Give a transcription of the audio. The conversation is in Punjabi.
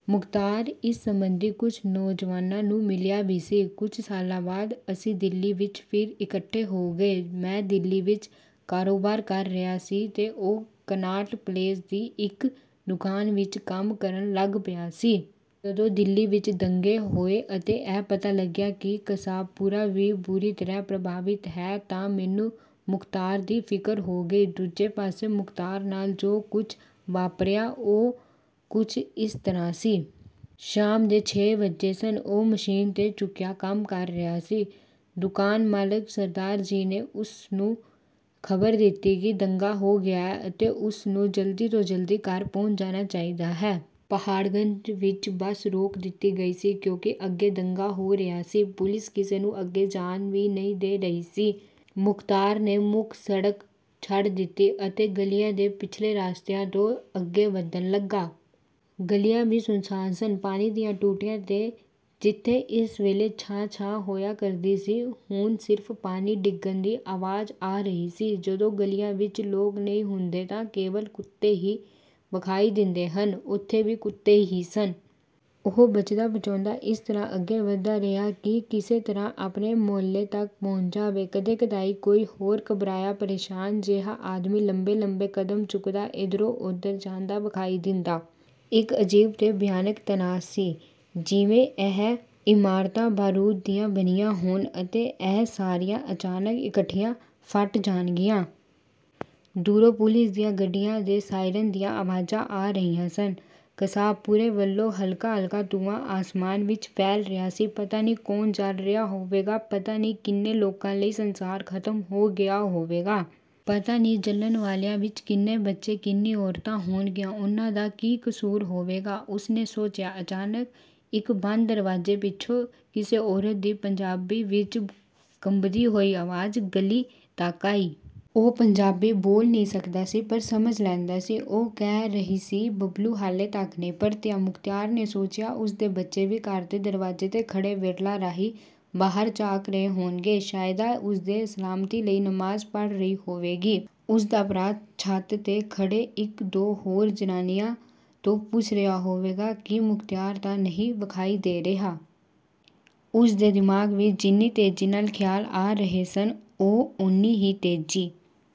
ਮੁਖ਼ਤਾਰ ਇਸ ਸਬੰਧੀ ਕੁਝ ਨੌਜਵਾਨਾਂ ਨੂੰ ਮਿਲਿਆ ਵੀ ਸੀ। ਕੁਝ ਸਾਲਾਂ ਬਾਅਦ ਅਸੀਂ ਦਿੱਲੀ ਵਿੱਚ ਫਿਰ ਇਕੱਠੇ ਹੋ ਗਏ। ਮੈਂ ਦਿੱਲੀ ਵਿੱਚ ਕਾਰੋਬਾਰ ਕਰ ਰਿਹਾ ਸੀ ਅਤੇ ਉਹ ਕਨਾਟ ਪਲੇਸ ਦੀ ਇੱਕ ਦੁਕਾਨ ਵਿੱਚ ਕੰਮ ਕਰਨ ਲੱਗ ਪਿਆ ਸੀ। ਜਦੋਂ ਦਿੱਲੀ ਵਿੱਚ ਦੰਗੇ ਹੋਏ ਅਤੇ ਇਹ ਪਤਾ ਲੱਗਿਆ ਕਿ ਕਸਾਬਪੁਰਾ ਵੀ ਬੁਰੀ ਤਰ੍ਹਾਂ ਪ੍ਰਭਾਵਿਤ ਹੈ ਤਾਂ ਮੈਨੂੰ ਮੁਖ਼ਤਾਰ ਦੀ ਫ਼ਿਕਰ ਹੋ ਗਈ। ਦੂਜੇ ਪਾਸੇ ਮੁਖ਼ਤਾਰ ਨਾਲ ਜੋ ਕੁਝ ਵਾਪਰਿਆ, ਉਹ ਕੁਝ ਇਸ ਤਰ੍ਹਾਂ ਸੀ। ਸ਼ਾਮ ਦੇ ਛੇ ਵੱਜੇ ਸਨ। ਉਹ ਮਸ਼ੀਨ 'ਤੇ ਝੁਕਿਆ ਕੰਮ ਕਰ ਰਿਹਾ ਸੀ। ਦੁਕਾਨ ਮਾਲਕ ਸਰਦਾਰ ਜੀ ਨੇ ਉਸ ਨੂੰ ਖ਼ਬਰ ਦਿੱਤੀ ਕਿ ਦੰਗਾ ਹੋ ਗਿਆ ਹੈ ਅਤੇ ਉਸ ਨੂੰ ਜਲਦੀ ਤੋਂ ਜਲਦੀ ਘਰ ਪਹੁੰਚ ਜਾਣਾ ਚਾਹੀਦਾ ਹੈ। ਪਹਾੜਗੰਜ ਵਿੱਚ ਬੱਸ ਰੋਕ ਦਿੱਤੀ ਗਈ ਸੀ ਕਿਉਂਕਿ ਅੱਗੇ ਦੰਗਾ ਹੋ ਰਿਹਾ ਸੀ। ਪੁਲਿਸ ਕਿਸੇ ਨੂੰ ਅੱਗੇ ਜਾਣ ਵੀ ਨਹੀਂ ਦੇ ਰਹੀ ਸੀ। ਮੁਖ਼ਤਾਰ ਨੇ ਮੁੱਖ ਸੜਕ ਛੱਡ ਦਿੱਤੀ ਅਤੇ ਗਲੀਆਂ ਤੇ ਪਿਛਲੇ ਰਸਤਿਆਂ ਤੋਂ ਅੱਗੇ ਵਧਣ ਲੱਗਾ। ਗਲੀਆਂ ਵੀ ਸੁੰਨਸਾਨ ਸਨ। ਪਾਣੀ ਦੀਆਂ ਟੂਟੀਆਂ 'ਤੇ, ਜਿੱਥੇ ਇਸ ਵੇਲੇ ਚਾਂ-ਚਾਂ ਹੋਇਆ ਕਰਦੀ ਸੀ, ਹੁਣ ਸਿਰਫ਼ ਪਾਣੀ ਡਿੱਗਣ ਦੀ ਆਵਾਜ਼ ਆ ਰਹੀ ਸੀ। ਜਦੋਂ ਗਲੀਆਂ ਵਿੱਚ ਲੋਕ ਨਹੀਂ ਹੁੰਦੇ ਤਾਂ ਕੇਵਲ ਕੁੱਤੇ ਹੀ ਵਿਖਾਈ ਦਿੰਦੇ ਹਨ, ਉੱਥੇ ਵੀ ਕੁੱਤੇ ਹੀ ਸਨ। ਉਹ ਬਚਦਾ-ਬਚਾਉਂਦਾ ਇਸ ਤਰ੍ਹਾਂ ਅੱਗੇ ਵਧਦਾ ਰਿਹਾ ਕਿ ਕਿਸੇ ਤਰ੍ਹਾਂ ਆਪਣੇ ਮੁਹੱਲੇ ਤੱਕ ਪਹੁੰਚ ਜਾਵੇ। ਕਦੇ-ਕਦਾਈਂ ਕੋਈ ਹੋਰ ਘਬਰਾਇਆ, ਪ੍ਰੇਸ਼ਾਨ ਜਿਹਾ ਆਦਮੀ ਲੰਬੇ-ਲੰਬੇ ਕਦਮ ਚੁੱਕਦਾ ਇੱਧਰੋਂ-ਉੱਧਰ ਜਾਂਦਾ ਵਿਖਾਈ ਦਿੰਦਾ। ਇੱਕ ਅਜੀਬ ਤੇ ਭਿਆਨਕ ਤਣਾਅ ਸੀ, ਜਿਵੇਂ ਇਹ ਇਮਾਰਤਾਂ ਬਾਰੂਦ ਦੀਆਂ ਬਣੀਆਂ ਹੋਣ ਅਤੇ ਇਹ ਸਾਰੀਆਂ ਅਚਾਨਕ ਇਕੱਠੀਆਂ ਫਟ ਜਾਣਗੀਆਂ। ਦੂਰੋਂ ਪੁਲਿਸ ਦੀਆਂ ਗੱਡੀਆਂ ਦੇ ਸਾਇਰਨ ਦੀਆਂ ਆਵਾਜ਼ਾਂ ਆ ਰਹੀਆਂ ਸਨ। ਕਸਾਬਪੁਰੇ ਵੱਲੋਂ ਹਲਕਾ-ਹਲਕਾ ਧੂੰਆਂ ਅਸਮਾਨ ਵਿੱਚ ਫੈਲ ਰਿਹਾ ਸੀ। 'ਪਤਾ ਨਹੀਂ ਕੌਣ ਜਲ ਰਿਹਾ ਹੋਵੇਗਾ, ਪਤਾ ਨਹੀਂ ਕਿੰਨੇ ਲੋਕਾਂ ਲਈ ਸੰਸਾਰ ਖ਼ਤਮ ਹੋ ਗਿਆ ਹੋਵੇਗਾ! ਪਤਾ ਨਹੀਂ ਜਲਣ ਵਾਲਿਆਂ ਵਿੱਚ ਕਿੰਨੇ ਬੱਚੇ, ਕਿੰਨੀਆਂ ਔਰਤਾਂ ਹੋਣਗੀਆਂ! ਉਹਨਾਂ ਦਾ ਕੀ ਕਸੂਰ ਹੋਵੇਗਾ?' ਉਸ ਨੇ ਸੋਚਿਆ। ਅਚਾਨਕ ਇੱਕ ਬੰਦ ਦਰਵਾਜ਼ੇ ਪਿੱਛੋਂ ਕਿਸੇ ਔਰਤ ਦੀ ਪੰਜਾਬੀ ਵਿੱਚ ਕੰਬਦੀ ਹੋਈ ਆਵਾਜ਼ ਗਲੀ ਤੱਕ ਆਈ। ਉਹ ਪੰਜਾਬੀ ਬੋਲ ਨਹੀਂ ਸਕਦਾ ਸੀ, ਪਰ ਸਮਝ ਲੈਂਦਾ ਸੀ। ਉਹ ਕਹਿ ਰਹੀ ਸੀ, "ਬਬਲੂ ਹਾਲੇ ਤੱਕ ਨਹੀਂ ਪਰਤਿਆ।" ਮੁਖ਼ਤਾਰ ਨੇ ਸੋਚਿਆ, ਉਸ ਦੇ ਬੱਚੇ ਵੀ ਘਰ ਦੇ ਦਰਵਾਜ਼ੇ 'ਤੇ ਖੜ੍ਹੇ ਵਿਰਲਾਂ ਰਾਹੀਂ ਬਾਹਰ ਝਾਕ ਰਹੇ ਹੋਣਗੇ, ਸ਼ਾਹਿਦਾ ਉਸ ਦੀ ਸਲਾਮਤੀ ਲਈ ਨਮਾਜ਼ ਪੜ੍ਹ ਰਹੀ ਹੋਵੇਗੀ, ਉਸ ਦਾ ਭਰਾ ਛੱਤ 'ਤੇ ਖੜ੍ਹੇ ਇੱਕ-ਦੋ ਹੋਰ ਜਣਿਆਂ ਤੋਂ ਪੁੱਛ ਰਿਹਾ ਹੋਵੇਗਾ ਕਿ ਮੁਖ਼ਤਾਰ ਤਾਂ ਨਹੀਂ ਵਿਖਾਈ ਦੇ ਰਿਹਾ। ਉਸ ਦੇ ਦਿਮਾਗ਼ ਵਿੱਚ ਜਿੰਨੀ ਤੇਜ਼ੀ ਨਾਲ ਖ਼ਿਆਲ ਆ ਰਹੇ ਸਨ, ਉਹ ਉੰਨੀ ਹੀ ਤੇਜ਼ੀ